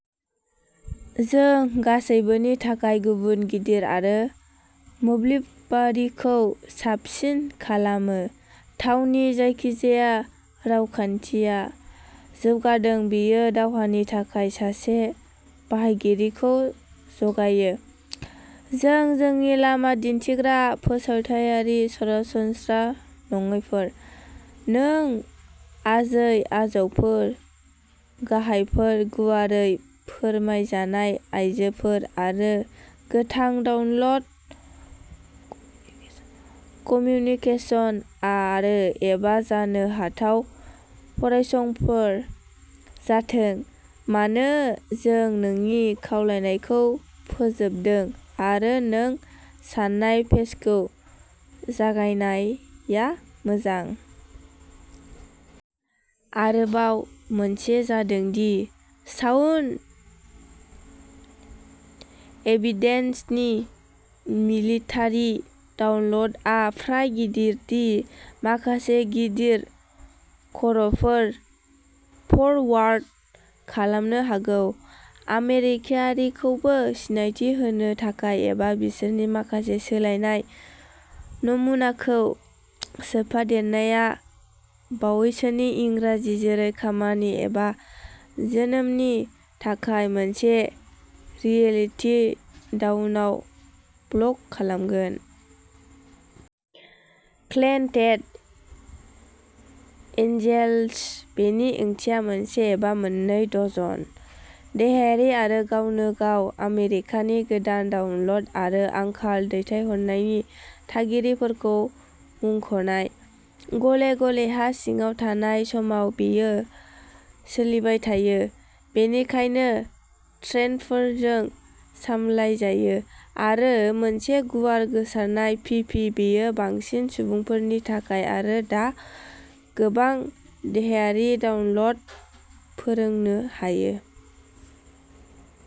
जों गासैबोनि थाखाय गुबुन गिदिर आरो मोब्लिबारिखौ साबसिन खालामो थावनि जायखिजाया रावखान्थिया जौगादों। बेयो दावहानि थाखाय सासे बाहायगिरिखौ जगायो जों जोंनि लामा दिन्थिग्रा फोसावथायारि सरासनस्रा नङैफोर। नों आजै-आजौफोर, गाहायफोर, गुवारै फोरमायजानाय आयजोफोर, आरो, गोथां डाउनल'ड कम्यूनिकेशन आरो, एबा जानो हाथाव फरायसंफोर जाथों मानो, जों नोंनि खावलायनायखौ फोजोबदों आरो नों सान्नाय पेजखौ जागायनाया मोजां। आरोबाव मोनसेआ जादों दि साउन्ड एभिडेन्सनि मिलिटारि डाउनल'डआ फ्राय गिदिर दि माखासे गिदिर करफोर फरवार्ड खालामनो हागौ आमेरिकायारिखौबो सिनायथि होनो थाखाय, एबा बिसोरनि माखासे सोलायनाय नमुनाखौ सोफादेरनाया बावैसोनि इंराजि, जेरै खामानि एबा जोनोमनि थाखाय मोनसे रियेलिटि डाउनआव ब्लक खालामगोन। क्लेन डेथ एन्जेल्स बेनि ओंथिया मोनसे एबा मोननै डजन देहायारि आरो गावनो गाव आमेरिकान, गोदान डाउनल'ड आरो आंखाल दैथायहरनायनि थागिरिफोरखौ मुंख'नाय। गले-गले हा सिङाव थानाय समाव, बेयो सोलिबाय थायो बेनिखायनो ट्रेन्डफोरजों सामलायजायो आरो मोनसे गुवार गोसारनाय फि फि बेयो बांसिन सुबुंफोरनि थाखाय आरो दा गोबां देहायारि डाउनल'ड फोरोंनो हायो।